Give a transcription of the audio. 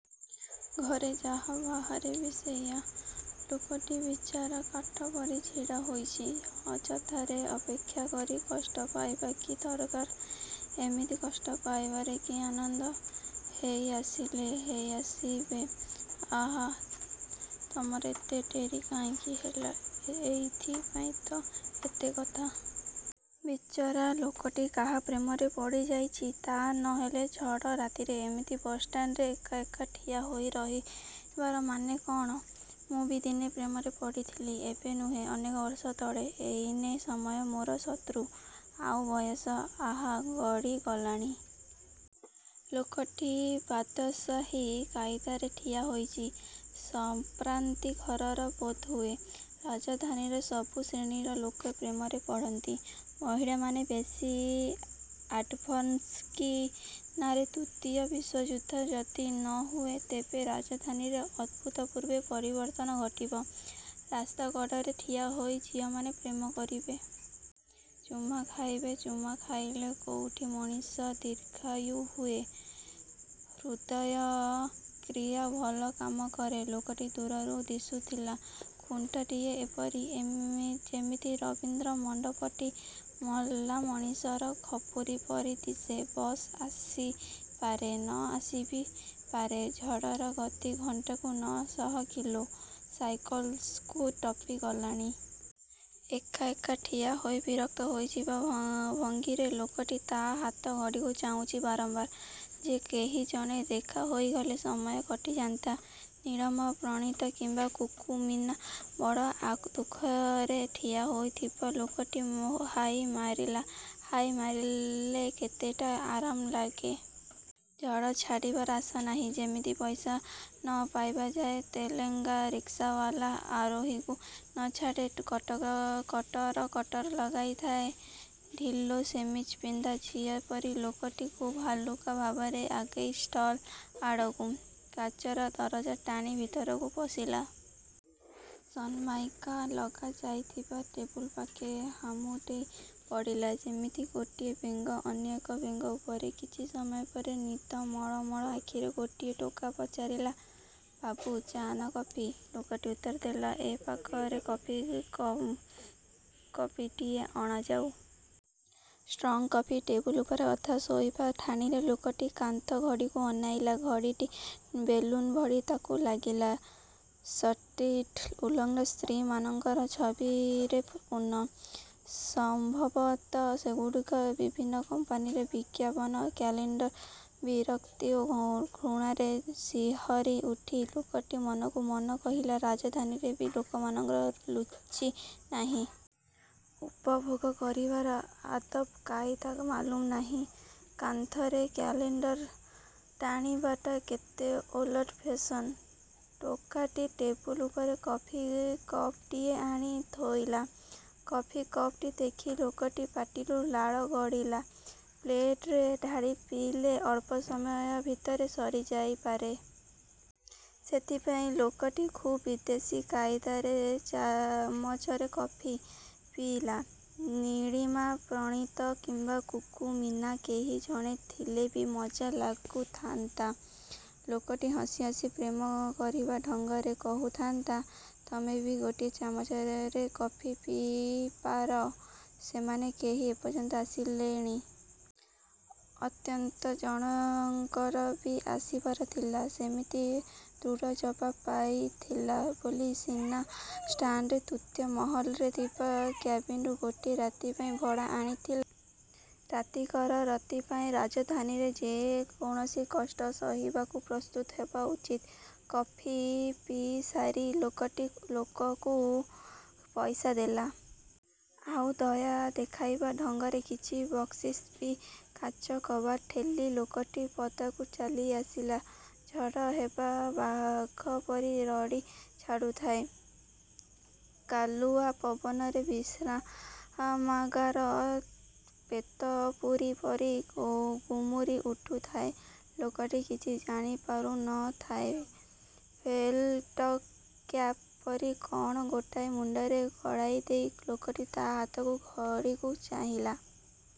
ଘରେ ଯାହା, ବାହାରେ ବି ସେଇଆ! ଲୋକଟି ବିଚାରା କାଠ ପରି ଛିଡ଼ା ହୋଇଛି। ଅଯଥାରେ ଅପେକ୍ଷାକରି କଷ୍ଟ ପାଇବା କି ଦରକାର? ଏମିତି କଷ୍ଟ ପାଇବାରେ କି ଆନନ୍ଦ? ହେଇ ଆସିଲେ। ହେଇ ଆସିବେ। ଆହା, ତମର ଏତେ ଡେରି କାହିଁକି ହେଲା? ଏଇଥି ପାଇଁ ତ ଏତେ କଥା। ବିଚରା ଲୋକଟି କାହା ପ୍ରେମରେ ପଡ଼ିଯାଇଛି। ତା' ନହେଲେ ଝଡ଼ ରାତିରେ ଏମିତି ବସ୍ଷ୍ଟାଣ୍ଡରେ ଏକା ଏକା ଠିଆ ହୋଇ ରହିବାର ମାନେ କ'ଣ? ମୁଁ ବି ଦିନେ ପ୍ରେମରେ ପଡ଼ିଥିଲି। ଏବେ ନୁହେଁ ଅନେକ ବର୍ଷ ତଳେ। ଏଇନେ ସମୟ ମୋର ଶତ୍ରୁ। ଆଉ ବୟସ; ଆହା; ଗଡ଼ିଗଲାଣି। ଲୋକଟି ବାଦ୍ଶାହୀ କାଇଦାରେ ଠିଆ ହୋଇଛି। ସମ୍ପ୍ରାତି ଘରର ବୋଧହୁଏ। ରାଜଧାନୀରେ ସବୁ ଶ୍ରେଣୀର ଲୋକେ ପ୍ରେମରେ ପଡ଼ନ୍ତି-। ମହିଳାମାନେ ବେଶି ଆଡ଼୍ଭାନସ୍ କି ନା! ତୃତୀୟ ବିଶ୍ୱଯୁଦ୍ଧ ଯଦି ନହୁଏ, ତେବେ ରାଜଧାନୀରେ ଅଭୂତପୂର୍ବ ପରିବର୍ତ୍ତନ ଘଟିବ। ରାସ୍ତାକଡ଼ରେ ଠିଆହୋଇ ଝିଅମାନେ ପ୍ରେମ କରିବେ। ଚୁମା ଖାଇବେ। ଚୁମା ଖାଇଲେ କୋଉଠି ମଣିଷ ଦୀର୍ଘାୟୁ ହୁଏ। ହୃଦ୍ଯନ୍ତ୍ର କ୍ରିୟା ଭଲ କାମ କରେ-। ଲୋକଟି ଦୂରରୁ ଦିଶୁଥିଲା ଖୁଣ୍ଟଟିଏ ପରି। ଯେମିତି ରବୀନ୍ଦ୍ର ମଣ୍ଡପଟି ମଲାମଣିଷର ଖପୁରି ପରି ଦିଶେ। ବସ୍ ଆସିପାରେ। ନ ଆସି ବି ପାରେ। ଝଡ଼ର ଗତି ଘଣ୍ଟାକୁ ନ'ଶହ କିଲୋ ସାଇକଲ୍ସକୁ ଟପି ଗଲାଣି। ଏକା ଏକା ଠିଆ ହୋଇ ବିରକ୍ତ ହୋଇଯିବା ଭଙ୍ଗୀରେ ଲୋକଟି ତା' ହାତଘଡ଼ିକୁ ଚାହୁଁଛି ବାରମ୍ୱାର। ଯେ' କେହି ଜଣେ ଦେଖା ହୋଇଗଲେ ସମୟ କଟିଯାନ୍ତା। ନୀଳିମା, ପ୍ରଣତୀ କିମ୍ବା କୁକୁମୀନା। ବଡ଼ ଦୁଃଖରେ ଠିଆ ହୋଇଥିବା ଲୋକଟି ହାଇ ମାରିଲା। ହାଇ ମାରିଲେ କେତେଟା ଆରାମ ଲାଗେ। ଝଡ଼ ଛାଡ଼ିବାର ଆଶା ନାହିଁ। ଯେମିତି ପଇସା ନ ପାଇବା ଯାଏଁ ତେଲେଙ୍ଗା ରିକ୍ସାବାଲା ଆରୋହୀକୁ ନଛାଡ଼ି କଟର କଟର ଲଗାଇଥାଏ। ଢିଲା ସେମିଜି ପିନ୍ଧା ଝିଅଟି ପରି ଲୋକଟି ଖୁବ୍ ହାଲୁକା ଭାବରେ ଆଗେଇଲା ଷ୍ଟଲ୍ ଆଡ଼କୁ। କାଚର ଦରଜା ଟାଣି ଭିତରକୁ ପଶିଲା। ସନମାଇକା ଲଗା ଯାଇଥିବା ଟେବୁଲ ପାଖେ ହାମୁଡ଼େଇ ପଡ଼ିଲା। ଯେମିତି ଗୋଟିଏ ବେଙ୍ଗ ଅନ୍ୟ ଏକ ବେଙ୍ଗ ଉପରେ। କିଛି ସମୟ ପରେ ନିଦ ମଳ ମଳ ଆଖିରେ ଗୋଟିଏ ଟୋକା ପଚାରିଲା; ବାବୁ; ଚା' ନାଁ କଫି? ଲୋକଟି ଉତ୍ତର ଦେଲା, ଏ ପାଖରେ କଫି କପ୍ଟିଏ ଅଣାଯାଉ। Strong coffee. ଟେବୁଲ ଉପରେ ଅଧା ଶୋଇବା ଠାଣିରେ ଲୋକଟି କାନ୍ଥଘଡ଼ିକୁ ଅନେଇଲା। ଘଡ଼ିଟି ବେଲୁନ ଭଳି ତାକୁ ଲାଗିଲା। ଷ୍ଟଲ୍ଟି ଉଲଗ୍ନ ସ୍ତ୍ରୀମାନଙ୍କର ଛବିରେ ପୂର୍ଣ୍ଣ। ସମ୍ଭବତଃ ସେଗୁଡ଼ିକ ବିଭିନ୍ନ କମ୍ପାନୀର ବିଜ୍ଞାପନ କ୍ୟାଲେଣ୍ଡର। ବିରକ୍ତି ଓ ଘୃଣାରେ ଶିହରି ଉଠି ଲୋକଟି ମନକୁ ମନ କହିଲା; ରାଜଧାନୀରେ ବି ଲୋକଙ୍କର ରୁଚି ନାହିଁ। ଉପଭୋଗ କରିବାର ଆଦବ୍ କାଇଦା ମାଲୁମ ନାହିଁ। କାନ୍ଥରେ କ୍ୟାଲେଣ୍ଡର ଟାଣିବାଟା କେତେ ଓଲଡ୍ ଫେସନ୍। ଟୋକାଟି ଟେବୁଲ ଉପରେ କଫି କପ୍ଟିଏ ଆଣି ଥୋଇଲା। କଫି କପ୍ଟି ଦେଖି ଲୋକଟି ପାଟିରୁ ଲାଳ ଗଡ଼ିଲା। ପ୍ଲେଟରେ ଢାଳି ପିଇଲେ ଅଳ୍ପ ସମୟ ଭିତରେ ସରି ଯାଇପାରେ। ସେଥିପାଇଁ ଲୋକଟି ଖୁବ୍ ବିଦେଶୀ କାଇଦାରେ ଚାମଚରେ କଫି। ପିଇଲା। ନୀଳିମା, ପ୍ରଣତୀ କିମ୍ବା କୁକୁମୀନା କେହି ଜଣେ ଥିଲେବି ମଜା ଲାଗୁଥାନ୍ତା। ଲୋକଟି ହସି ହସି ପ୍ରେମ କରିବା ଢଙ୍ଗରେ କହୁଥାନ୍ତା, ''ତମେ ବି ଗୋଟିଏ ଚାମଚରେ କଫି ପିଇପାର। '' ସେମାନେ କେହି ଏପର୍ଯ୍ୟନ୍ତ ଆସିଲେଣି। ଅନ୍ତତଃ ଜଣଙ୍କର ବି ଆସିବାର ଥିଲା। ସେମିତି ଦୃଢ଼ ଜବାବ ପାଇଥିଲା ବୋଲି ସିନା ଷ୍ଟାଣ୍ଡର ତୃତୀୟ ମହଲାରେ ଥିବା କ୍ୟାବିନରୁ ଗୋଟିଏ ରାତି ପାଇଁ ଭଡ଼ା ଆଣିଥିଲା। ରାତିକର ରତି ପାଇଁ ରାଜଧାନୀରେ ଯେ କୌଣସି କଷ୍ଟ ସହିବାକୁ ପ୍ରସ୍ତୁତ ହେବା ଉଚିତ। କଫି ପିଇସାରି ଲୋକଟି ଟୋକାକୁ ପଇସା ଦେଲା। ଆଉ ଦୟା ଦେଖାଇବା ଢଙ୍ଗରେ କିଛି ବକ୍ସିସ୍ ବି। କାଚ କବାଟ ଠେଲି ଲୋକଟି ପଦାକୁ ଚାଲି ଆସିଲା। ଝଡ଼ ହେଟା ବାଘପରି ରଡ଼ି ଛାଡ଼ୁଥାଏ। କାଲୁଆ ପବନରେ ବିଶ୍ରାମାଗାର ପ୍ରେତପୁରୀ ପରି ଗୁମୁରି ଉଠୁଥାଏ। ଲୋକଟି କିଛି ଜାଣିପାରୁ ନ ଥାଏ। ଫେଲ୍ଟକ୍ୟାପ୍ ପରି କ'ଣ ଗୋଟାଏ ମୁଣ୍ଡରେ ଗଳାଇ ଦେଇ ଲୋକଟି ତା' ହାତ ଘଡ଼ିକୁ ଚାହିଁଲା।